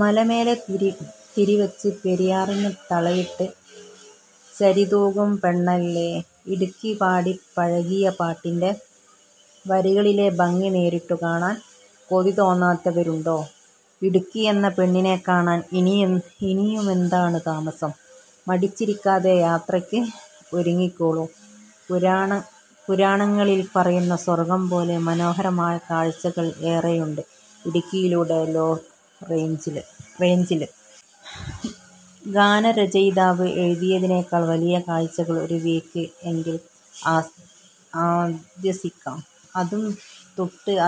മലമേലെ തിരിവച്ച് പെരിയാറിന് തളയിട്ട് ചരിതൂകും പെണ്ണല്ലേ ഇടുക്കി. പാടിപ്പഴകിയ പാട്ടിന്റെ വരികളിലെ ഭംഗി നേരിട്ടു കാണാൻ കൊതി തോന്നാത്തവരുണ്ടോ? ഇടുക്കി എന്ന പെണ്ണിനെ കാണാൻ ഇനിയുമെന്താണു താമസം? മടിച്ചിരിക്കാതെ യാത്രയ്ക്ക് ഒരുങ്ങിക്കോളൂ. പുരാണങ്ങളിൽ പറയുന്ന സ്വർഗം പോലെ മനോഹരമായ കാഴ്ചകൾ ഏറെയുണ്ട് ഇടുക്കിയുടെ 'ലോ റേഞ്ചില് ഗാനരചയിതാവ് എഴുതിയതിനേക്കാൾ വലിയ കാഴ്ചകൾ ഒരു വീക്ക് എൻഡിൽ ആദ്വസിക്കാം. അതും ' തുട്ട് '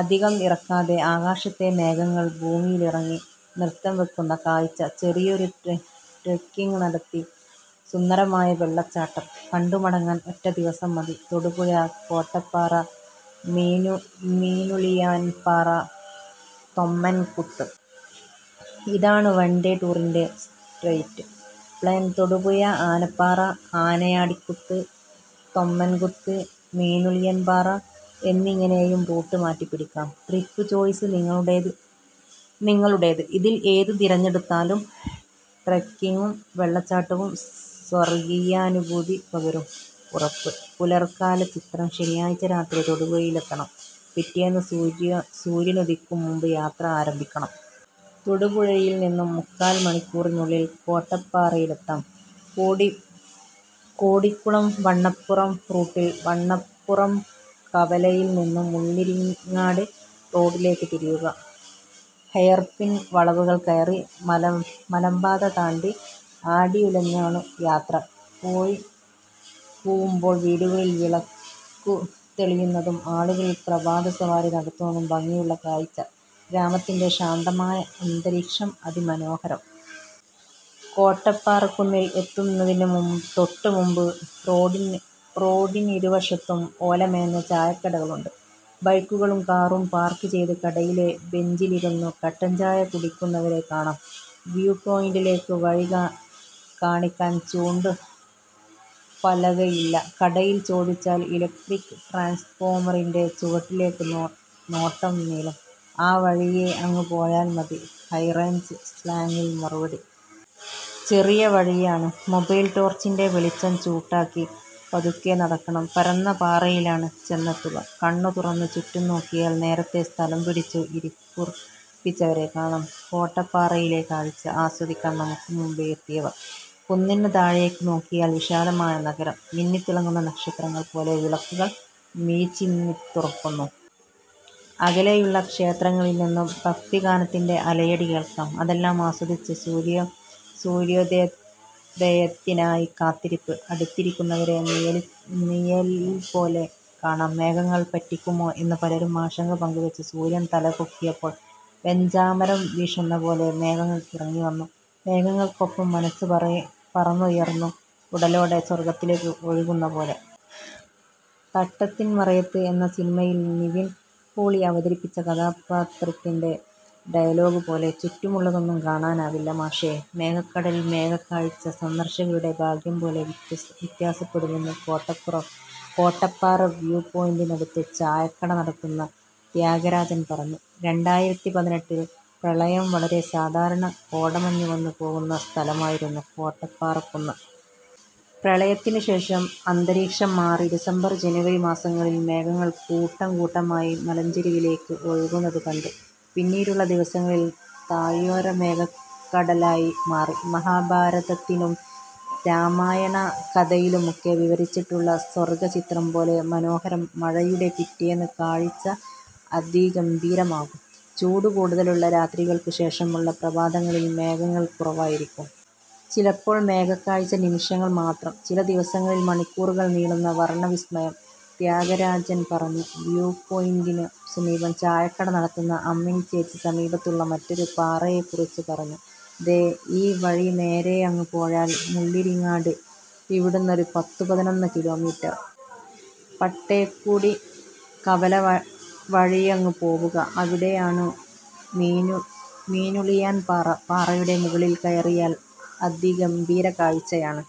അധികം ഇറക്കാതെ. ആകാശത്തെ മേഘങ്ങൾ ഭൂമിയിലിറങ്ങി നൃത്തം വയ്ക്കുന്ന കാഴ്ച. ചെറിയൊരു ട്രെക്കിങ് നടത്തി, സുന്ദരമായ വെള്ളച്ചാട്ടം കണ്ടു മടങ്ങാൻ ഒറ്റ ദിവസം മതി. തൊടുപുഴ കോട്ടപ്പാറ- മീനുളിയാൻപാറ തൊമ്മൻകുത്ത്. ഇതാണു വൺ ഡേ ടൂറിന്റെ സ്ട്രെയിറ്റ് പ്ലാൻ. തൊടുപുഴ, ആനപ്പാറ ആനയാടിക്കുത്ത്, തൊമ്മൻകുത്ത് ,മീനുളിയാൻപാറ എന്നിങ്ങനെയും റൂട്ട് മാറ്റിപ്പിടിക്കാം. ട്രിപ്പ് ചോയ്സ് നിങ്ങളുടേത്നിങ്ങളുടേത്. ഇതിൽ ഏതു തിരഞ്ഞെടുത്താലും ട്രെക്കിങ്ങും വെള്ളച്ചാട്ടവും സ്വർഗീയാനുഭൂതി പകരും, ഉറപ്പ്. പുലർകാല ചിത്രം ശനിയാഴ്ച രാത്രി തൊടുപുഴയിലെത്തണം. പിറ്റേന്നു സൂര്യനുദിക്കും മുൻപ് യാത്ര ആരംഭിക്കണം. തൊടുപുഴയിൽ നിന്നു മുക്കാൽ മണിക്കൂറിനുള്ളിൽ കോട്ടപ്പാറയിലെത്താം. കോടിക്കുളം വണ്ണപ്പുറം റൂട്ടിൽ വണ്ണപ്പുറം കവലയിൽ നിന്നു മുള്ളിരിങ്ങാട് റോഡിലേക്ക് തിരിയുക. ഹെയർപിൻ വളവുകൾ കയറി, മലമ്പാത താണ്ടി ആടിയുലഞ്ഞാണു യാത്ര. കോഴി കൂവുമ്പോൾ വീടുകളിൽ വിളക്കു തെളിയുന്നതും ആളുകൾ പ്രഭാത സവാരി നടത്തുന്നതും ഭംഗിയുള്ള കാഴ്ച. ഗ്രാമത്തിന്റെ ശാന്തമായ അന്തരീക്ഷം അതിമനോഹരം. കോട്ടപ്പാറക്കുന്നിൽ എത്തുന്നതിനു മുൻ തൊട്ടു മുൻപ് റോഡിനിരുവശത്തും ഓലമേഞ്ഞ ചായക്കടകളുണ്ട്. ബൈക്കുകളും കാറും പാർക്ക് ചെയ്ത് കടയിലെ ബെഞ്ചിലിരുന്നു കട്ടൻ ചായ കുടിക്കുന്നവരെ കാണാം. വ്യൂ പോയിന്റിലേക്കു വഴി കാണിക്കാൻ ചൂണ്ടു പലകയില്ല. കടയിൽ ചോദിച്ചാൽ ഇലക്ട്രിക് ട്രാൻസ്ഫോമറിന്റെ ചുവട്ടിലേക്കു നോട്ടം നീളും. ' ആ വഴിയേ അങ്ങു പോയാൽ മതി ' ഹൈറേഞ്ച് സ്ലാങ്ങിൽ മറുപടി. ചെറിയ വഴിയാണ്. മൊബൈൽ ടോർച്ചിന്റെ വെളിച്ചം ചൂട്ടാക്കി പതുക്കെ നടക്കണം. പരന്ന പാറയിലാണ് ചെന്നെത്തുക. കണ്ണു തുറന്നു ചുറ്റും നോക്കിയാൽ നേരത്തേ സ്ഥലം പിടിച്ച് ഇരിപ്പുറപ്പിച്ചവരെ കാണാം. കോട്ടപ്പാറയിലെ കാഴ്ച ആസ്വദിക്കാൻ നമുക്കു മുൻപേ എത്തിയവർ. കുന്നിനു താഴേക്കു നോക്കിയാൽ വിശാലമായ നഗരം. മിന്നിത്തെളിയുന്ന നക്ഷത്രങ്ങൾ പോലെ വിളക്കുകൾ മിഴിചിമ്മിത്തുറക്കുന്നു. അകലെയുള്ള ക്ഷേത്രങ്ങളിൽ നിന്നു ഭക്തിഗാനത്തിന്റെ അലയടി കേൾക്കാം. അതെല്ലാം ആസ്വദിച്ച് സൂര്യോദയത്തിനായി കാത്തിരിപ്പ്. അടുത്തിരിക്കുന്നവരെ നിഴല്പോലെ കാണാം. മേഘങ്ങൾ പറ്റിക്കുമോ എന്നു പലരും ആശങ്ക പങ്കുവച്ചു. സൂര്യൻ തലപൊക്കിയപ്പോൾ വെഞ്ചാമരം വീശുന്ന പോലെ മേഘങ്ങൾ ഇറങ്ങി വന്നു. മേഘങ്ങൾക്കൊപ്പം മനസ്സ് പറന്നുയർന്നു. ഉടലോടെ സ്വർഗ്ഗത്തിലേക്ക് ഒഴുകുന്ന പോലെ. ' തട്ടത്തിൻ മറയത്ത് ' എന്ന സിനിമയിൽ നിവിൻ പോളി അവതരിപ്പിച്ച കഥാപാത്രത്തിന്റെ ഡയലോഗ് പോലെ ' ചുറ്റുമുള്ളതൊന്നും കാണാനാവില്ല മാഷേ '. മേഘക്കടൽ മേഘക്കാഴ്ച സന്ദർശകരുടെ ഭാഗ്യം പോലെ വ്യത്യാസപ്പെടാമെന്നു കോട്ടപ്പാറ വ്യൂ പോയിന്റിനടത്തു ചായക്കട നടത്തുന്ന ത്യാഗരാജൻ പറഞ്ഞു. രണ്ടായിരത്തിപതിനെട്ടിൽ പ്രളയം വരെ സാധാരണ കോടമഞ്ഞ് വന്നു പോകുന്ന സ്ഥലമായിരുന്നു കോട്ടപ്പാറക്കുന്ന്. പ്രളയത്തിനു ശേഷം അന്തരീക്ഷം മാറി. ഡിസംബർ, ജനുവരി മാസങ്ങളിൽ മേഘങ്ങൾ കൂട്ടംകൂട്ടമായി മലഞ്ചെരിവിലേക്ക് ഒഴുകുന്നതു കണ്ടു. പിന്നീടുള്ള ദിവസങ്ങളിൽ താഴ്വര മേഘക്കടലായി മാറി. മഹാഭാരതത്തിലും രാമായണ കഥയിലുമൊക്കെ വിവരിച്ചിട്ടുള്ള സ്വർഗചിത്രം പോലെ മനോഹരം. മഴയുടെ പിറ്റേന്ന് കാഴ്ച അതിഗംഭീരമാകും. ചൂട് കൂടുതലുള്ള രാത്രികൾക്കു ശേഷമുള്ള പ്രഭാതങ്ങളിൽ മേഘങ്ങൾ കുറവായിരിക്കും. ചിലപ്പോൾ മേഘക്കാഴ്ച നിമിഷങ്ങൾ മാത്രം. ചില ദിവസങ്ങളിൽ മണിക്കൂറുകൾ നീളുന്ന വർണവിസ്മയം. ത്യാഗരാജൻ പറഞ്ഞു. വ്യൂപോയിന്റിനു സമീപം ചായക്കട നടത്തുന്ന അമ്മിണി ചേച്ചി സമീപത്തുള്ള മറ്റൊരു പാറയെക്കുറിച്ച് പറഞ്ഞു. '' ദേ, ഈ വഴി നേരെയങ്ങു പോയാൽ മുള്ളിരിങ്ങാട്. ഇവിടുന്നൊരു പത്തു പതിനൊന്ന് കിലോമീറ്റർ. പട്ടേക്കുടി കവല വഴിയങ്ങു പോവുക. അവിടെയാണു മീനുളിയാൻപാറ. പാറയുടെ മുകളിൽ കയറിയാൽ അതിഗംഭീര കാഴ്ചയാണ്.